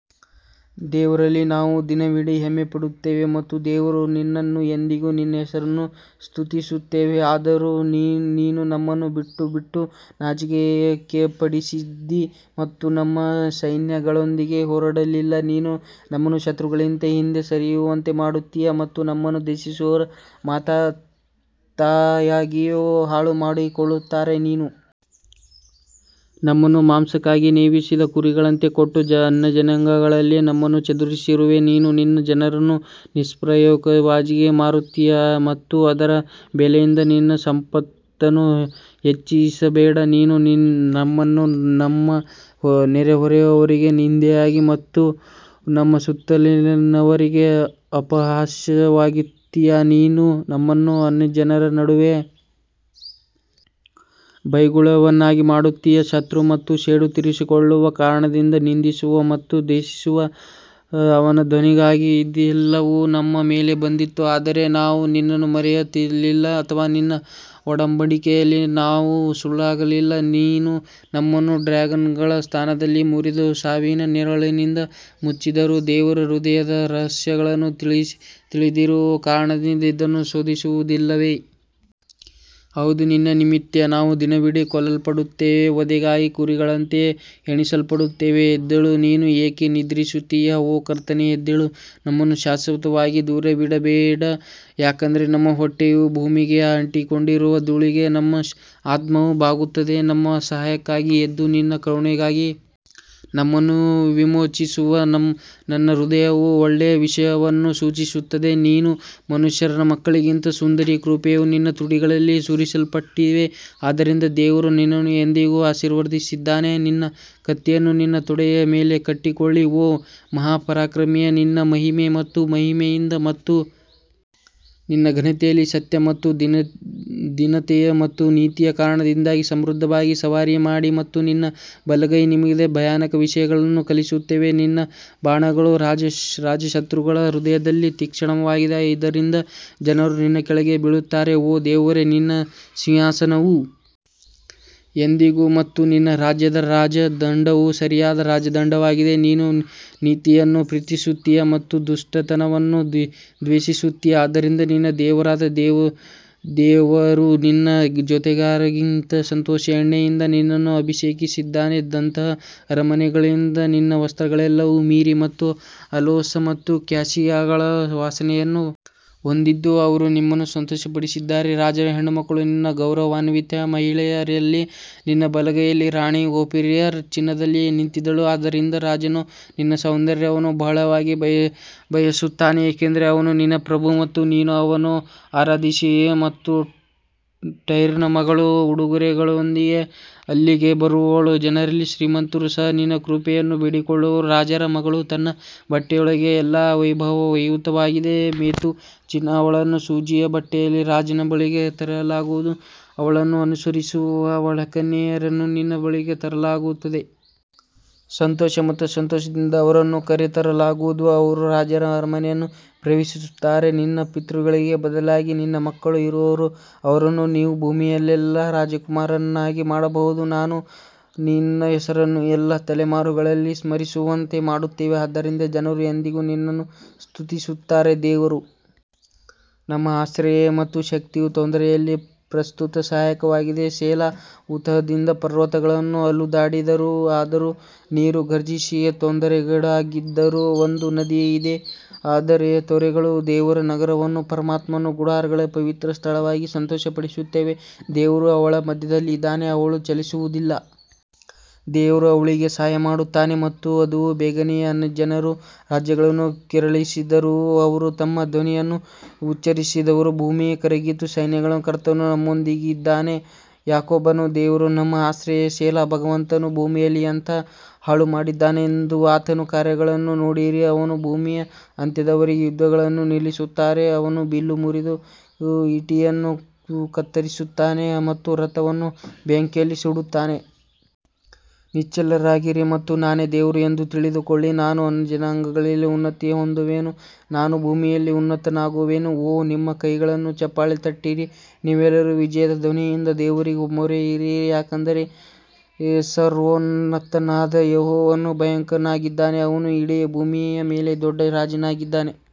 ದೇವರಲ್ಲಿ ನಾವು ದಿನವಿಡೀ ಹೆಮ್ಮೆಪಡುತ್ತೇವೆ ಮತ್ತು ದೇವರೇ ನಿನ್ನನ್ನು ಎಂದೆಂದಿಗೂ ನಿನ್ನ ಹೆಸರನ್ನು ಸ್ತುತಿಸುತ್ತೇವೆ ಆದರೆ ನೀನು ನಮ್ಮನ್ನು ಬಿಟ್ಟುಬಿಟ್ಟು ನಾಚಿಕೆಪಡಿಸಿದ್ದೀ ಮತ್ತು ನಮ್ಮ ಸೈನ್ಯಗಳೊಂದಿಗೆ ಹೊರಡಲಿಲ್ಲ ನೀನು ನಮ್ಮನ್ನು ಶತ್ರುಗಳಿಂದ ಹಿಂದೆ ಸರಿಯುವಂತೆ ಮಾಡುತ್ತೀಯ ಮತ್ತು ನಮ್ಮನ್ನು ದ್ವೇಷಿಸುವವರು ತಾವಾಗಿಯೇ ಹಾಳು ಮಾಡಿಕೊಳ್ಳುತ್ತಾರೆ ನೀನು ನಮ್ಮನ್ನು ಮಾಂಸಕ್ಕಾಗಿ ನೇಮಿಸಿದ ಕುರಿಗಳಂತೆ ಕೊಟ್ಟು ಅನ್ಯಜನಾಂಗಗಳಲ್ಲಿ ನಮ್ಮನ್ನು ಚದುರಿಸಿರುವೆ ನೀನು ನಿನ್ನ ಜನರನ್ನು ನಿಷ್ಪ್ರಯೋಜಕವಾಗಿ ಮಾರುತ್ತೀ ಮತ್ತು ಅವರ ಬೆಲೆಯಿಂದ ನಿನ್ನ ಸಂಪತ್ತನ್ನು ಹೆಚ್ಚಿಸಬೇಡ ನೀನು ನಮ್ಮನ್ನು ನಮ್ಮ ನೆರೆಹೊರೆಯವರಿಗೆ ನಿಂದೆಯಾಗಿ ಮತ್ತು ನಮ್ಮ ಸುತ್ತಲಿನವರಿಗೆ ಅಪಹಾಸ್ಯವಾಗಿಸುತ್ತೀಯಾ ನೀನು ನಮ್ಮನ್ನು ಅನ್ಯಜನರ ನಡುವೆ ಬೈಗುಳವನ್ನಾಗಿ ಮಾಡುತ್ತೀಯಾ ಶತ್ರು ಮತ್ತು ಸೇಡು ತೀರಿಸಿಕೊಳ್ಳುವ ಕಾರಣದಿಂದ ನಿಂದಿಸುವ ಮತ್ತು ದೂಷಿಸುವ ಅವನ ಧ್ವನಿಗಾಗಿ ಇದೆಲ್ಲವೂ ನಮ್ಮ ಮೇಲೆ ಬಂದಿತು, ಆದರೂ ನಾವು ನಿನ್ನನ್ನು ಮರೆಯಲಿಲ್ಲ ಅಥವಾ ನಿನ್ನ ಒಡಂಬಡಿಕೆಯಲ್ಲಿ ನಾವು ಸುಳ್ಳಾಗಲಿಲ್ಲ ನೀನು ನಮ್ಮನ್ನು ಡ್ರ್ಯಾಗನ್ಗಳ ಸ್ಥಾನದಲ್ಲಿ ಮುರಿದು ಸಾವಿನ ನೆರಳಿನಿಂದ ಮುಚ್ಚಿದ್ದರೂ ದೇವರು ಹೃದಯದ ರಹಸ್ಯಗಳನ್ನು ತಿಳಿದಿರುವ ಕಾರಣದಿಂದ ಇದನ್ನು ಶೋಧಿಸುವುದಿಲ್ಲವೇ? ಹೌದು ನಿನ್ನ ನಿಮಿತ್ತ ನಾವು ದಿನವಿಡೀ ಕೊಲ್ಲಲ್ಪಡುತ್ತೇವೆ, ವಧೆಗಾಗಿ ಕುರಿಗಳಂತೆ ಎಣಿಸಲ್ಪಡುತ್ತೇವೆ ಎದ್ದೇಳು ನೀನು ಏಕೆ ನಿದ್ರಿಸುತ್ತೀಯ ಓ ಕರ್ತನೇ ಎದ್ದೇಳು ನಮ್ಮನ್ನು ಶಾಶ್ವತವಾಗಿ ದೂರವಿಡಬೇಡ ಯಾಕಂದರೆ ನಮ್ಮ ಹೊಟ್ಟೆಯು ಭೂಮಿಗೆ ಅಂಟಿಕೊಂಡಿರುವ ಧೂಳಿಗೆ ನಮ್ಮ ಆತ್ಮವು ಬಾಗುತ್ತದೆ ನಮ್ಮ ಸಹಾಯಕ್ಕಾಗಿ ಎದ್ದು ನಿನ್ನ ಕರುಣೆಗಾಗಿ ನಮ್ಮನ್ನು ವಿಮೋಚಿಸು ನನ್ನ ಹೃದಯವು ಒಳ್ಳೆಯ ವಿಷಯವನ್ನು ಸೂಚಿಸುತ್ತದೆ ನೀನು ಮನುಷ್ಯರ ಮಕ್ಕಳಿಗಿಂತ ಸುಂದರಿ ಕೃಪೆಯು ನಿನ್ನ ತುಟಿಗಳಲ್ಲಿ ಸುರಿಯಲ್ಪಟ್ಟಿದೆ ಆದ್ದರಿಂದ ದೇವರು ನಿನ್ನನ್ನು ಎಂದೆಂದಿಗೂ ಆಶೀರ್ವದಿಸಿದ್ದಾನೆ ನಿನ್ನ ಕತ್ತಿಯನ್ನು ನಿನ್ನ ತೊಡೆಯ ಮೇಲೆ ಕಟ್ಟಿಕೊಳ್ಳಿ ಓ ಮಹಾಪರಾಕ್ರಮಿ ನಿನ್ನ ಮಹಿಮೆ ಮತ್ತು ಮಹಿಮೆಯಿಂದ ಮತ್ತು ನಿನ್ನ ಘನತೆಯಲ್ಲಿ ಸತ್ಯ ಮತ್ತು ದೀನತೆ ಮತ್ತು ನೀತಿಯ ಕಾರಣದಿಂದಾಗಿ ಸಮೃದ್ಧವಾಗಿ ಸವಾರಿ ಮಾಡಿ ಮತ್ತು ನಿನ್ನ ಬಲಗೈ ನಿಮಗೆ ಭಯಾನಕ ವಿಷಯಗಳನ್ನು ಕಲಿಸುತ್ತದೆ ನಿನ್ನ ಬಾಣಗಳು ರಾಜ ಶತ್ರುಗಳ ಹೃದಯದಲ್ಲಿ ತೀಕ್ಷ್ಣವಾಗಿವೆ, ಇದರಿಂದ ಜನರು ನಿನ್ನ ಕೆಳಗೆ ಬೀಳುತ್ತಾರೆ ಓ ದೇವರೇ ನಿನ್ನ ಸಿಂಹಾಸನವು ಎಂದೆಂದಿಗೂ ಮತ್ತು ನಿನ್ನ ರಾಜ್ಯದ ರಾಜದಂಡವು ಸರಿಯಾದ ರಾಜದಂಡವಾಗಿದೆ ನೀನು ನೀತಿಯನ್ನು ಪ್ರೀತಿಸುತ್ತೀಯ ಮತ್ತು ದುಷ್ಟತನವನ್ನು ದ್ವೇಷಿಸುತ್ತೀಯಾ ಆದ್ದರಿಂದ ನಿನ್ನ ದೇವರಾದ ದೇವರು ನಿನ್ನ ಜೊತೆಗಾರರಿಗಿಂತ ಸಂತೋಷದ ಎಣ್ಣೆಯಿಂದ ನಿನ್ನನ್ನು ಅಭಿಷೇಕಿಸಿದ್ದಾನೆ ದಂತದ ಅರಮನೆಗಳಿಂದ ನಿನ್ನ ವಸ್ತ್ರಗಳೆಲ್ಲವೂ ಮಿರ್ ಮತ್ತು ಅಲೋಸ್ ಮತ್ತು ಕ್ಯಾಸಿಯಾಗಳ ವಾಸನೆಯನ್ನು ಹೊಂದಿದ್ದು, ಅವರು ನಿಮ್ಮನ್ನು ಸಂತೋಷಪಡಿಸಿದ್ದಾರೆ ರಾಜರ ಹೆಣ್ಣುಮಕ್ಕಳು ನಿನ್ನ ಗೌರವಾನ್ವಿತ ಮಹಿಳೆಯರಲ್ಲಿ ನಿನ್ನ ಬಲಗೈಯಲ್ಲಿ ರಾಣಿ ಓಫೀರ್ ಚಿನ್ನದಲ್ಲಿ ನಿಂತಿದ್ದಳು ಆದ್ದರಿಂದ ರಾಜನು ನಿನ್ನ ಸೌಂದರ್ಯವನ್ನು ಬಹಳವಾಗಿ ಬಯಸುತ್ತಾನೆ ಏಕೆಂದರೆ ಅವನು ನಿನ್ನ ಪ್ರಭು ಮತ್ತು ನೀನು ಅವನನ್ನು ಆರಾಧಿಸಿ ಮತ್ತು ಟೈರ್ನ ಮಗಳು ಉಡುಗೊರೆಯೊಂದಿಗೆ ಅಲ್ಲಿಗೆ ಬರುವಳು, ಜನರಲ್ಲಿ ಶ್ರೀಮಂತರು ಸಹ ನಿನ್ನ ಕೃಪೆಯನ್ನು ಬೇಡಿಕೊಳ್ಳುವರು ರಾಜರ ಮಗಳು ತನ್ನ ಬಟ್ಟೆಯೊಳಗೆ ಎಲ್ಲಾ ವೈಭವಯುತವಾಗಿದೆ ಮೆತು ಚಿನ್ನದ ಅವಳನ್ನು ಸೂಜಿಯ ಬಟ್ಟೆಯಲ್ಲಿ ರಾಜನ ಬಳಿಗೆ ತರಲಾಗುವುದು, ಅವಳನ್ನು ಅನುಸರಿಸುವ ಅವಳ ಕನ್ಯೆಯರನ್ನು ನಿನ್ನ ಬಳಿಗೆ ತರಲಾಗುತ್ತದೆ. ಸಂತೋಷ ಮತ್ತು ಸಂತೋಷದಿಂದ ಅವರನ್ನು ಕರೆತರಲಾಗುತ್ತದೆ, ಅವರು ರಾಜರ ಅರಮನೆಯನ್ನು ಪ್ರವೇಶಿಸುತ್ತಾರೆ ನಿನ್ನ ಪಿತೃಗಳಿಗೆ ಬದಲಾಗಿ ನಿನ್ನ ಮಕ್ಕಳು ಇರುವರು, ಅವರನ್ನು ನೀವು ಭೂಮಿಯಲ್ಲೆಲ್ಲಾ ರಾಜಕುಮಾರರನ್ನಾಗಿ ಮಾಡಬಹುದು ನಾನು ನಿನ್ನ ಹೆಸರನ್ನು ಎಲ್ಲಾ ತಲೆಮಾರುಗಳಲ್ಲಿ ಸ್ಮರಿಸುವಂತೆ ಮಾಡುತ್ತೇನೆ ಆದ್ದರಿಂದ ಜನರು ಎಂದೆಂದಿಗೂ ನಿನ್ನನ್ನು ಸ್ತುತಿಸುತ್ತಾರೆ ದೇವರು ನಮ್ಮ ಆಶ್ರಯ ಮತ್ತು ಶಕ್ತಿಯು ತೊಂದರೆಯಲ್ಲಿ ಪ್ರಸ್ತುತ ಸಹಾಯವಾಗಿದೆ ಸೆಲಾ ಊತದಿಂದ ಪರ್ವತಗಳು ಅಲುಗಾಡಿದರೂ ಅದರ ನೀರು ಘರ್ಜಿಸಿ ತೊಂದರೆಗೀಡಾಗಿದ್ದರೂ ಒಂದು ನದಿ ಇದೆ, ಅದರ ತೊರೆಗಳು ದೇವರ ನಗರವನ್ನು ಪರಮಾತ್ಮನ ಗುಡಾರಗಳ ಪವಿತ್ರ ಸ್ಥಳವಾಗಿ ಸಂತೋಷಪಡಿಸುತ್ತವೆ ದೇವರು ಅವಳ ಮಧ್ಯದಲ್ಲಿ ಇದ್ದಾನೆ, ಅವಳು ಚಲಿಸುವುದಿಲ್ಲ, ದೇವರು ಅವಳಿಗೆ ಸಹಾಯ ಮಾಡುತ್ತಾನೆ ಮತ್ತು ಅದು ಬೇಗನೆ ಅನ್ಯಜನರು ರಾಜ್ಯಗಳನ್ನು ಕೆರಳಿಸಿದರು, ಅವರು ತಮ್ಮ ಧ್ವನಿಯನ್ನು ಉಚ್ಚರಿಸಿದರು ಭೂಮಿ ಕರಗಿತು ಸೈನ್ಯಗಳ ಕರ್ತನು ನಮ್ಮೊಂದಿಗಿದ್ದಾನೆ, ಯಾಕೋಬನ ದೇವರು ನಮ್ಮ ಆಶ್ರಯ ಸೆಲಾ ಭಗವಂತನು ಭೂಮಿಯಲ್ಲಿ ಎಂತಹ ಹಾಳುಮಾಡಿದ್ದಾನೆಂದು ಆತನ ಕಾರ್ಯಗಳನ್ನು ನೋಡಿರಿ ಅವನು ಭೂಮಿಯ ಅಂತ್ಯದವರೆಗೂ ಯುದ್ಧಗಳನ್ನು ನಿಲ್ಲಿಸುತ್ತಾನೆ, ಅವನು ಬಿಲ್ಲು ಮುರಿದು, ಈಟಿಯನ್ನು ಕತ್ತರಿಸುತ್ತಾನೆ ಮತ್ತು ರಥವನ್ನು ಬೆಂಕಿಯಲ್ಲಿ ಸುಡುತ್ತಾನೆ. ನಿಶ್ಚಲರಾಗಿರಿ ಮತ್ತು ನಾನೇ ದೇವರು ಎಂದು ತಿಳಿದುಕೊಳ್ಳಿ ನಾನು ಅನ್ಯಜನಾಂಗಗಳಲ್ಲಿ ಉನ್ನತಿ ಹೊಂದುವೆನು ನಾನು ಭೂಮಿಯಲ್ಲಿ ಉನ್ನತನಾಗುವೆನು ಓ ನಿಮ್ಮ ಕೈಗಳನ್ನು ಚಪ್ಪಾಳೆ ತಟ್ಟಿರಿ, ನೀವೆಲ್ಲರೂ ವಿಜಯದ ಧ್ವನಿಯಿಂದ ದೇವರಿಗೆ ಮೊರೆಯಿರಿ ಯಾಕಂದರೆ ಸರ್ವೋನ್ನತನಾದ ಯೆಹೋವನು ಭಯಂಕರನಾಗಿದ್ದಾನೆ, ಅವನು ಇಡೀ ಭೂಮಿಯ ಮೇಲೆ ದೊಡ್ಡ ರಾಜನಾಗಿದ್ದಾನೆ.